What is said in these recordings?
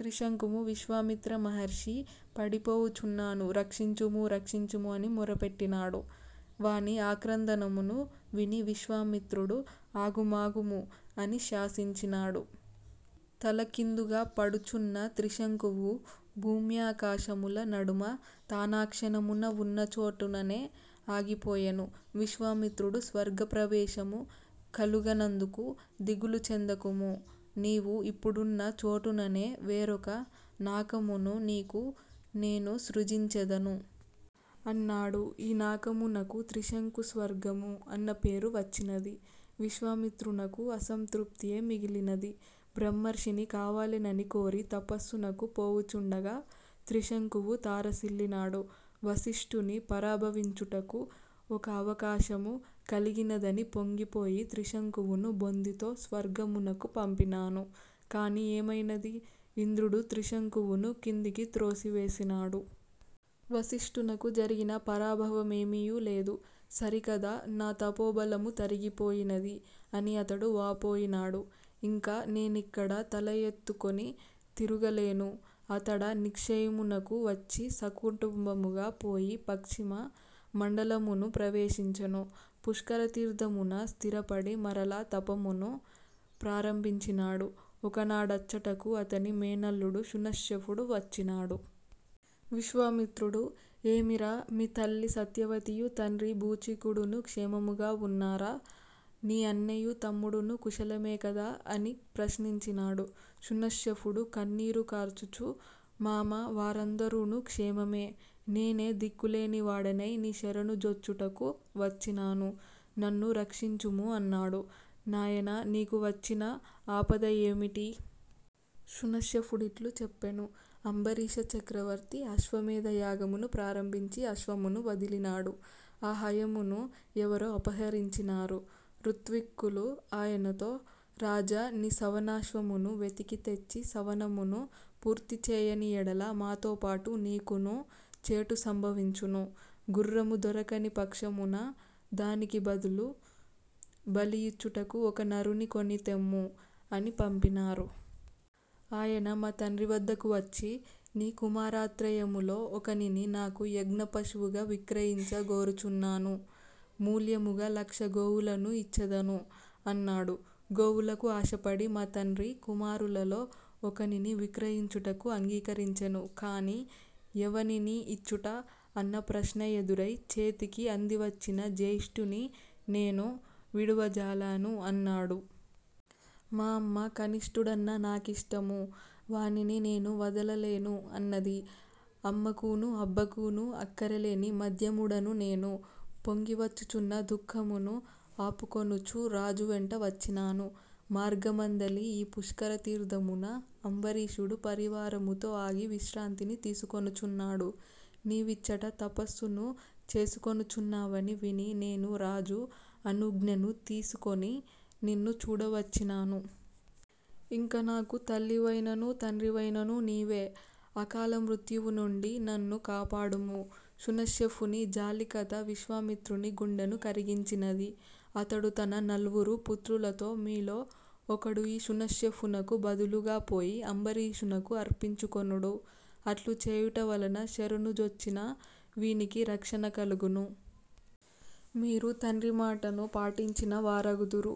త్రిశంకువు విశ్వామిత్ర మహర్షీ పడిపోవుచున్నాను, రక్షించుము! రక్షించుము! అని మొఱపెట్టినాడు. వాని ఆక్రందనమును విని విశ్వామిత్రుడు ఆగు మాగుము! అని శాసించినాడు. తలకిందుగా పడుచున్న త్రిశంకువు భూమ్యాకాశముల నడుమ తానాక్షణమున ఉన్న చోటుననే ఆగిపోయెను. విశ్వామిత్రుడు స్వర్గప్రవేశము కలుగనందుకు దిగులు చెందకుము, నీవు ఇప్పుడున్న చోటుననే వేరొక నాకమును నీకు నేను సృజించెదను! అన్నాడు ఈ నాకము నకు 'త్రిశంకుస్వర్గము' అన్న పేరు వచ్చినది. విశ్వామిత్రునకు అసంతృప్తియే మిగిలినది. బ్రహ్మర్షిని కావలెనని కోరి తపస్సునకు పోవుచుండగా త్రిశంకువు తారసిల్లినాడు. వసిష్ఠుని పరాభవించుటకు ఒక అవకాశము కలిగినదని పొంగిపోయి త్రిశంకువును బొందితో స్వరమునకు పంపినాను. కాని ఏమైనది? ఇంద్రుడు త్రిశంకువును కిందికి త్రోసివేసినాడు! వసిష్ఠునకు జరిగిన పరాభవమేమియూ లేదు సరికదా నా తపోబలము తరిగిపోయినది! అని అతడు వాపోయినాడు. ఇంక నేనిక్కడ తల ఎత్తుకొని తిరుగలేను! అతడా నిశ్చయమునకు వచ్చి, సకుటుంబముగా పోయి పశ్చిమ మండలమును ప్రవేశించెను. పుష్కర తీర్ధమున స్థిరపడి మరల తపమును ప్రారంభించినాడు. ఒకనాడచ్చటకు అతని మేనల్లుడు శునశ్శేఫుడు వచ్చినాడు. విశ్వామిత్రుడు ఏమిరా, మీ తల్లి సత్యవతియూ తండ్రి బుచీకుడునూ క్షేమముగా ఉన్నారా? నీ అన్నయూ తమ్ముడునూ కుశలమే కదా? అని ప్రశ్నించినాడు. శునశ్శేఫుడు కన్నీరు కార్చుచూ, మామా, వారందరునూ క్షేమమే. నేనే దిక్కులేనివాడనై నీ శరణు జొచ్చుటకు వచ్చినాను. నన్ను రక్షించుము అన్నాడు. 'నాయనా నీకు వచ్చిన ఆపద యేమిటి? శునశ్శేఫుడిట్లు చెప్పెను, అంబరీష చక్రవర్తి ఆశ్వమేధ యాగమును ప్రారంభించి అశ్వమును వదలినాడు. ఆ హయమును ఎవరో అపహరించినారు. ఋత్విక్కులు ఆయనతో 'రాజా నీ సవనాశ్వమును వెతకితెచ్చి సవనమును పూర్తిచేయని యెడల మాతోపాటు నీకునూ చేటు సంభవించును. గుఱ్ఱము దొరకని పక్షమున దానికి బదులు బలియిచ్చుటకు ఒక నరుని కొనితెమ్ము' అని పంపినారు. ఆయన మా తండ్రి వద్దకు వచ్చి 'నీ కుమారత్రయములో ఒకనిని నాకు యజ్ఞ పశువుగా విక్రయించ గోరుచున్నాను. మూల్యముగా లక్ష గోవులను ఇచ్చెదను' అన్నాడు. గోవులకు ఆశపడి మా తండ్రి కుమారులలో ఒకనిని విక్రయించుటకు అంగీకరించెను కాని 'ఎవనిని ఇచ్చుట? అన్న ప్రశ్న ఎదురై చేతికి అందివచ్చిన జ్యేష్ఠుని నేను విడువజాలను' అన్నాడు. మా అమ్మ 'కనిష్ఠుడన్న నాకిష్టము. వానిని నేను వదలలేను' అన్నది అమ్మకునూ అబ్బకునూ అక్కరలేని మధ్యముడను నేను పొంగివచ్చుచున్న దుఃఖమును ఆపుకొనుచూ రాజు వెంట వచ్చినాను. మార్గమందలి ఈ పుష్కర తీర్ధమున అంబరీషుడు పరివారముతో ఆగి విశ్రాంతిని తీసికొనుచున్నాడు. నీవిచ్చట తపస్సును చేసికొనుచున్నావని విని నేను రాజు అనుజ్ఞను తీసికొని నిన్ను చూడవచ్చినాను. ఇంక నాకు తల్లివైననూ తండ్రివైననూ నీవే. అకాల మృత్యువు నుండి నన్ను కాపాడుము. శునశ్శేఫుని జాలి కథ విశ్వామిత్రుని గుండెను కరిగించినది. అతడు తన నల్వురు పుత్రులతో మీలో ఒకడు ఈ శునశ్శేఫునకు బదులుగా పోయి అంబరీషునకు అర్పించుకొనుడు. అట్లు చేయుట వలన శరణుజొచ్చిన వీనికి రక్షణ కలుగును. మీరు తండ్రి మాటను పాటించిన వారగుదురు.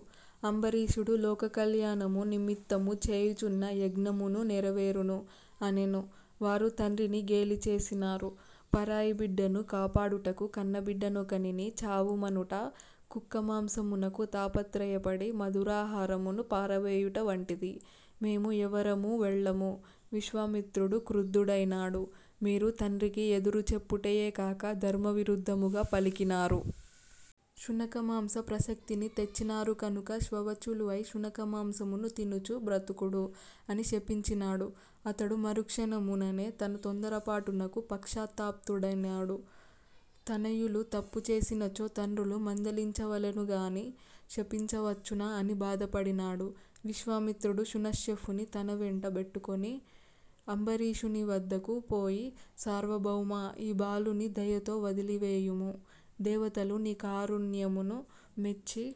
అంబరీషుడు లోకకల్యాణము నిమిత్తము చేయుచున్న యజ్ఞమునూ నెరవేరును అనెను. వారు తండ్రిని గేలిచేసినారు 'పరాయి బిడ్డను కాపాడుటకు కన్నబిడ్డ నొకనిని చావుమనుట కుక్క మాంసమునకు తాపత్రయపడి మధురాహారమును పారవేయుట వంటిది! మేము ఎవరమూ వెళ్ళము! విశ్వామిత్రుడు క్రుద్ధుడైనాడు. మీరు తండ్రికి ఎదురు చెప్పుటయే కాక ధర్మ విరుద్ధముగా పలికినారు! శునక మాంస ప్రసక్తిని తెచ్చినారు కనుక శ్వవచులు ఐ శునక మాంసమును తినుచూ బ్రతుకుడు! అని శపించినాడు అతడు మరుక్షణము ననె తన తొందరపాటునకు పశ్చాత్తప్తుడైనాడు. తనయులు తప్పు చేసినచో తండ్రులు మందలించవలెను గాని శపించవచ్చునా? అని బాధపడినాడు. విశ్వామిత్రుడు శునశ్శేఫుని తనవెంట బెట్టుకొని అంబరీషుని వద్దకు పోయి సార్వభౌమా, ఈ బాలుని దయతో వదలివేయుము. దేవతలు నీ కారుణ్యమును మెచ్చి